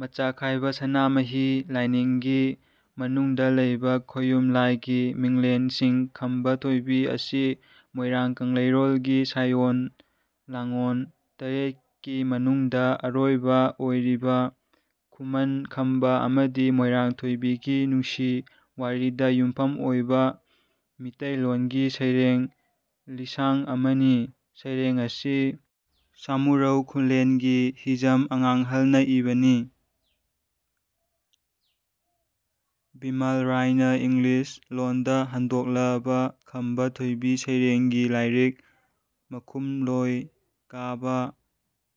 ꯃꯆꯥꯈꯥꯏꯕꯁꯅꯥꯃꯍꯤ ꯂꯥꯏꯅꯤꯡꯒꯤ ꯃꯅꯨꯡꯗ ꯂꯩꯕ ꯈꯣꯌꯨꯝ ꯂꯥꯏꯒꯤ ꯃꯤꯡꯂꯦꯟꯁꯤꯡ ꯈꯝꯕ ꯊꯣꯢꯕꯤ ꯑꯁꯤ ꯃꯣꯢꯔꯥꯡ ꯀꯪꯂꯩꯔꯣꯜꯒꯤ ꯁꯥꯢꯑꯣꯟ ꯂꯥꯡꯑꯣꯟ ꯇꯔꯦꯠꯀꯤ ꯃꯅꯨꯡꯗ ꯑꯔꯣꯢꯕ ꯑꯣꯢꯔꯤꯕ ꯈꯨꯃꯟ ꯈꯝꯕ ꯑꯃꯗꯤ ꯃꯣꯏꯔꯥꯡ ꯊꯣꯏꯕꯤꯒꯤ ꯅꯨꯡꯁꯤ ꯋꯥꯔꯤꯗ ꯌꯨꯝꯐꯝ ꯑꯣꯏꯕ ꯃꯤꯇꯩꯂꯣꯟꯒꯤ ꯁꯩꯔꯦꯡ ꯂꯤꯁꯥꯡ ꯑꯃꯅꯤ꯫ ꯁꯩꯔꯦꯡ ꯑꯁꯤ ꯁꯃꯨꯔꯧ ꯈꯨꯜꯂꯦꯟꯒꯤ ꯍꯤꯖꯝ ꯑꯉꯥꯡꯍꯜꯅ ꯏꯕꯅꯤ꯫ ꯚꯤꯃꯥꯜ ꯔꯥꯢꯅꯥ ꯏꯪꯂꯤꯁ ꯂꯣꯟꯗ ꯍꯟꯗꯣꯛꯂꯕ ꯈꯝꯕ ꯊꯣꯏꯕꯤ ꯁꯩꯔꯦꯡꯒꯤ ꯂꯥꯢꯔꯤꯛ ꯃꯈꯨꯝ ꯂꯣꯏ ꯀꯥꯕ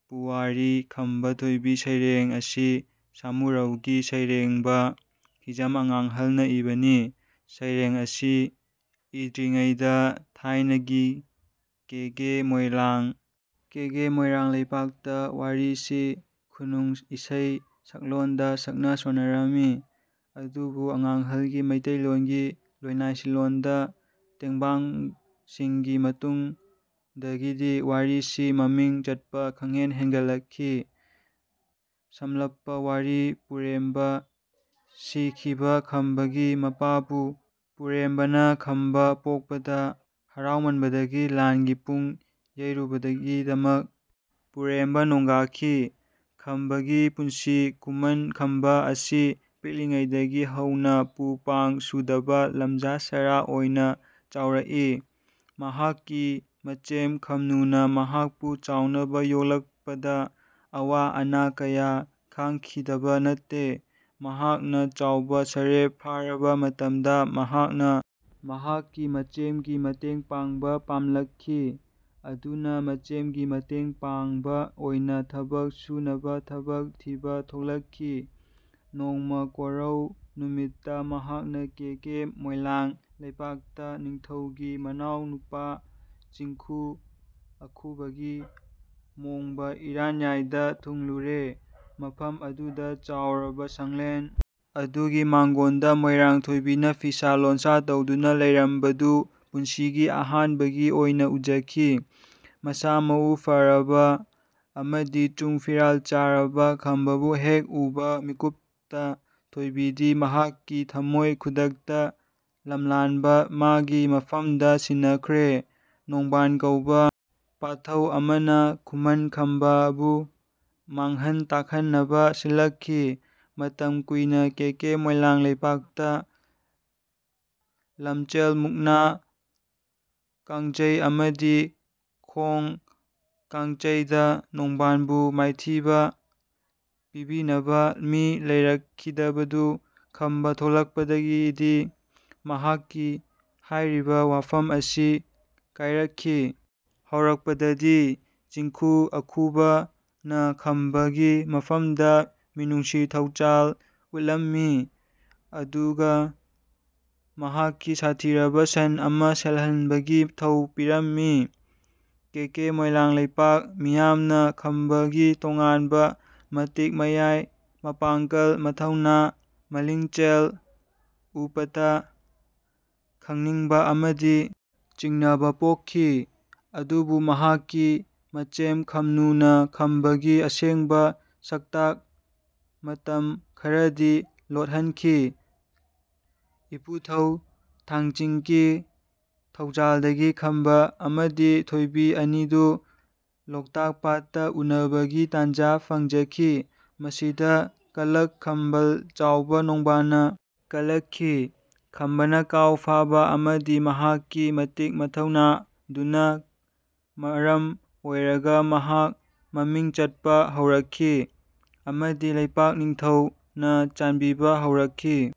ꯄꯨꯋꯥꯔꯤ ꯈꯝꯕ ꯊꯣꯢꯕꯤ ꯁꯩꯔꯦꯡ ꯑꯁꯤ ꯁꯃꯨꯔꯧꯒꯤ ꯁꯩꯔꯦꯡꯕ ꯍꯤꯖꯝ ꯑꯉꯥꯡꯍꯜꯅ ꯏꯕꯅꯤ꯫ ꯁꯩꯔꯦꯡ ꯑꯁꯤ ꯏꯗ꯭ꯔꯤꯉꯩꯗ ꯊꯥꯢꯅꯒꯤ ꯀꯦꯀꯦ ꯃꯣꯢꯂꯥꯡ ꯀꯦꯒꯦ ꯃꯣꯢꯔꯥꯡ ꯂꯩꯄꯥꯛꯇ ꯋꯥꯔꯤꯁꯤ ꯈꯨꯅꯨꯡ ꯏꯁꯩꯒꯤ ꯁꯛꯂꯣꯟꯗ ꯁꯛꯅ ꯁꯣꯟꯅꯔꯝꯢ꯫ ꯑꯗꯨꯕꯨ ꯑꯉꯥꯡꯍꯜꯒꯤ ꯃꯩꯇꯩꯂꯣꯟꯒꯤ ꯂꯣꯢꯅꯁꯤꯟꯂꯣꯟꯗ ꯇꯦꯡꯕꯥꯡꯁꯤꯒꯤ ꯃꯇꯨꯡꯗꯒꯤꯗꯤ ꯋꯥꯔꯤꯁꯤ ꯃꯃꯤꯡ ꯆꯠꯄ ꯈꯪꯍꯦꯟ ꯍꯦꯟꯒꯠꯂꯛꯈꯤ꯫ ꯁꯝꯂꯞꯄ ꯋꯥꯔꯤ ꯄꯨꯔꯦꯝꯕ ꯁꯤꯈꯤꯕ ꯈꯝꯕꯒꯤ ꯃꯄꯥꯕꯨ ꯄꯨꯔꯦꯝꯕꯅ ꯈꯝꯕ ꯄꯣꯛꯄꯗ ꯍꯔꯥꯎꯃꯟꯕꯗꯒꯤ ꯂꯥꯟꯒꯤ ꯄꯨꯡ ꯌꯩꯔꯨꯕꯒꯤꯗꯃꯛ ꯄꯨꯔꯦꯝꯕ ꯅꯣꯡꯒꯥꯈꯤ꯫ ꯈꯝꯕꯒꯤ ꯄꯨꯟꯁꯤ ꯈꯨꯃꯟ ꯈꯝꯕ ꯑꯁꯤ ꯄꯤꯛꯂꯤꯉꯩꯗꯒꯤ ꯍꯧꯅ ꯄꯨ ꯄꯥꯡ ꯁꯨꯗꯕ ꯂꯝꯖꯥ ꯁꯔꯥ ꯑꯣꯢꯅ ꯆꯥꯎꯔꯛꯏ꯫ ꯃꯍꯥꯛꯀꯤ ꯃꯆꯦꯝ ꯈꯝꯅꯨꯅ ꯃꯍꯥꯛꯄꯨ ꯆꯥꯎꯅꯕ ꯌꯣꯛꯂꯛꯄꯗ ꯑꯋꯥ ꯑꯅꯥ ꯀꯌꯥ ꯈꯥꯡꯈꯤꯗꯕ ꯅꯠꯇꯦ꯫ ꯃꯍꯥꯛꯅ ꯆꯥꯎꯕ ꯁꯔꯦꯞ ꯐꯥꯔꯕ ꯃꯇꯝꯗ ꯃꯍꯥꯛꯅ ꯃꯍꯥꯛꯀꯤ ꯃꯆꯦꯝꯒꯤ ꯃꯇꯦꯡ ꯄꯥꯡꯕ ꯄꯥꯝꯂꯛꯈꯤ꯫ ꯑꯗꯨꯅ ꯃꯆꯦꯝꯒꯤ ꯃꯇꯦꯡ ꯄꯥꯡꯕ ꯑꯣꯢꯅ ꯊꯕꯛ ꯁꯨꯅꯕ ꯊꯕꯛ ꯊꯤꯕ ꯊꯣꯛꯂꯛꯈꯤ꯫ ꯅꯣꯡꯃ ꯀꯣꯔꯧ ꯅꯨꯃꯤꯠꯇ ꯃꯍꯥꯛꯅ ꯀꯦꯀꯦ ꯃꯣꯢꯂꯥꯡ ꯂꯩꯄꯥꯛꯇ ꯅꯤꯡꯊꯧꯒꯤ ꯃꯅꯥꯎꯅꯨꯄꯥ ꯆꯤꯡꯈꯨ ꯑꯈꯨꯕꯒꯤ ꯃꯣꯡꯕ ꯃꯔꯥꯟꯌꯥꯢꯗ ꯊꯨꯡꯂꯨꯔꯦ꯫ ꯃꯐꯝ ꯑꯗꯨꯗ ꯆꯥꯎꯔꯕ ꯁꯪꯂꯦꯟ ꯑꯗꯨꯒꯤ ꯃꯥꯡꯒꯣꯟꯗ ꯃꯣꯢꯔꯥꯡ ꯊꯣꯢꯕꯤꯅ ꯐꯤꯁꯥ ꯂꯣꯟꯁꯥ ꯇꯧꯗꯨꯅ ꯂꯩꯔꯝꯕꯗꯨ ꯄꯨꯟꯁꯤꯒꯤ ꯑꯍꯥꯟꯕꯒꯤ ꯑꯣꯢꯅ ꯎꯖꯈꯤ꯫ ꯃꯁꯥ ꯃꯎ ꯐꯔꯕ ꯑꯃꯗꯤ ꯆꯨꯡ ꯐꯤꯔꯥꯜ ꯆꯥꯔꯕ ꯈꯝꯕꯕꯨ ꯍꯦꯛ ꯎꯕ ꯃꯤꯠꯀꯨꯞꯇ ꯊꯣꯢꯕꯤꯗꯤ ꯃꯍꯥꯛꯀꯤ ꯊꯃꯣꯢ ꯈꯨꯗꯛꯇ ꯂꯝꯂꯥꯟꯕ ꯃꯥꯒꯤ ꯃꯐꯝꯗ ꯁꯤꯟꯅꯈ꯭ꯔꯦ꯫ ꯅꯣꯡꯕꯥꯟ ꯀꯧꯕ ꯄꯥꯊꯧ ꯑꯃꯅ ꯈꯨꯃꯟ ꯈꯝꯕ ꯕꯨ ꯃꯥꯡꯍꯟ ꯇꯥꯛꯍꯟꯅꯕ ꯁꯤꯜꯂꯛꯈꯤ꯫ ꯃꯇꯝ ꯀꯨꯢꯅ ꯀꯦꯀꯦ ꯃꯣꯢꯂꯥꯡ ꯂꯩꯄꯥꯛꯇ ꯂꯝꯆꯦꯜ ꯃꯨꯛꯅꯥ ꯀꯥꯡꯆꯩ ꯑꯃꯗꯤ ꯈꯣꯡ ꯀꯥꯡꯆꯩ ꯗ ꯅꯣꯡꯕꯥꯟ ꯕꯨ ꯃꯥꯢꯊꯤꯕ ꯄꯤꯕꯤꯅꯕ ꯃꯤ ꯂꯩꯔꯛꯈꯤꯗꯕꯗꯨ ꯈꯝꯕ ꯊꯣꯛꯂꯛꯄꯗꯒꯤꯗꯤ ꯃꯍꯥꯛꯀꯤ ꯍꯥꯢꯔꯤꯕ ꯋꯥꯐꯝ ꯑꯁꯤ ꯀꯥꯢꯔꯛꯈꯤ꯫ ꯍꯧꯔꯛꯄꯗꯗꯤ ꯆꯤꯡꯈꯨ ꯑꯈꯨꯕ ꯅ ꯈꯝꯕ ꯒꯤ ꯃꯐꯝꯗ ꯃꯤꯅꯨꯡꯁꯤ ꯊꯧꯆꯥꯜ ꯎꯠꯂꯝꯃꯤ ꯑꯗꯨꯒ ꯃꯍꯥꯛꯀꯤ ꯁꯥꯊꯤꯔꯕ ꯁꯟ ꯑꯃ ꯁꯦꯜꯍꯟꯕꯒꯤ ꯊꯧ ꯄꯤꯔꯝꯃꯤ꯫ ꯀꯦꯀꯦ ꯃꯣꯢꯂꯥꯡ ꯂꯩꯄꯥꯛ ꯃꯤꯌꯥꯝꯅ ꯈꯝꯕ ꯒꯤ ꯇꯣꯉꯥꯟꯕ ꯃꯇꯤꯛ ꯃꯌꯥꯢ ꯃꯄꯥꯡꯀꯜ ꯃꯊꯧꯅꯥ ꯃꯂꯤꯡꯆꯦꯜ ꯎꯄꯗ ꯈꯪꯅꯤꯡꯕ ꯑꯃꯗꯤ ꯆꯤꯡꯅꯕ ꯄꯣꯛꯈꯤ꯫ ꯑꯗꯨꯕꯨ ꯃꯍꯥꯛꯀꯤ ꯃꯆꯦꯝ ꯈꯝꯅꯨ ꯅ ꯈꯝꯕ ꯒꯤ ꯑꯁꯦꯡꯕ ꯁꯛꯇꯥꯛ ꯃꯇꯝ ꯈꯔꯗꯤ ꯂꯣꯠꯍꯟꯈꯤ꯫ ꯏꯄꯨꯊꯧ ꯊꯥꯡꯆꯤꯡ ꯒꯤ ꯊꯧꯖꯥꯜꯗꯒꯤ ꯈꯝꯕ ꯑꯃꯗꯤ ꯊꯣꯢꯕꯤ ꯑꯅꯤꯗꯨ ꯂꯣꯛꯇꯥꯛ ꯄꯥꯠꯇ ꯎꯅꯕꯒꯤ ꯇꯥꯟꯖꯥ ꯐꯪꯖꯈꯤ꯫ ꯃꯁꯤꯗ ꯀꯜꯂꯛ ꯈꯝꯕꯜ ꯆꯥꯎꯕ ꯅꯣꯡꯕꯥꯟ ꯅ ꯀꯜꯂꯛꯈꯤ꯫ ꯈꯝꯕꯅ ꯀꯥꯎ ꯐꯥꯕ ꯑꯃꯗꯤ ꯃꯍꯥꯛꯀꯤ ꯃꯇꯤꯛ ꯃꯊꯧꯅꯥ ꯗꯨꯅ ꯃꯔꯝ ꯑꯣꯢꯔꯒ ꯃꯍꯥꯛ ꯃꯃꯤꯡ ꯆꯠꯄ ꯍꯧꯔꯛꯈꯤ ꯑꯃꯗꯤ ꯂꯩꯄꯥꯛ ꯅꯤꯡꯊꯧ ꯅ ꯆꯥꯟꯕꯤꯕ ꯍꯧꯔꯛꯈꯤ꯫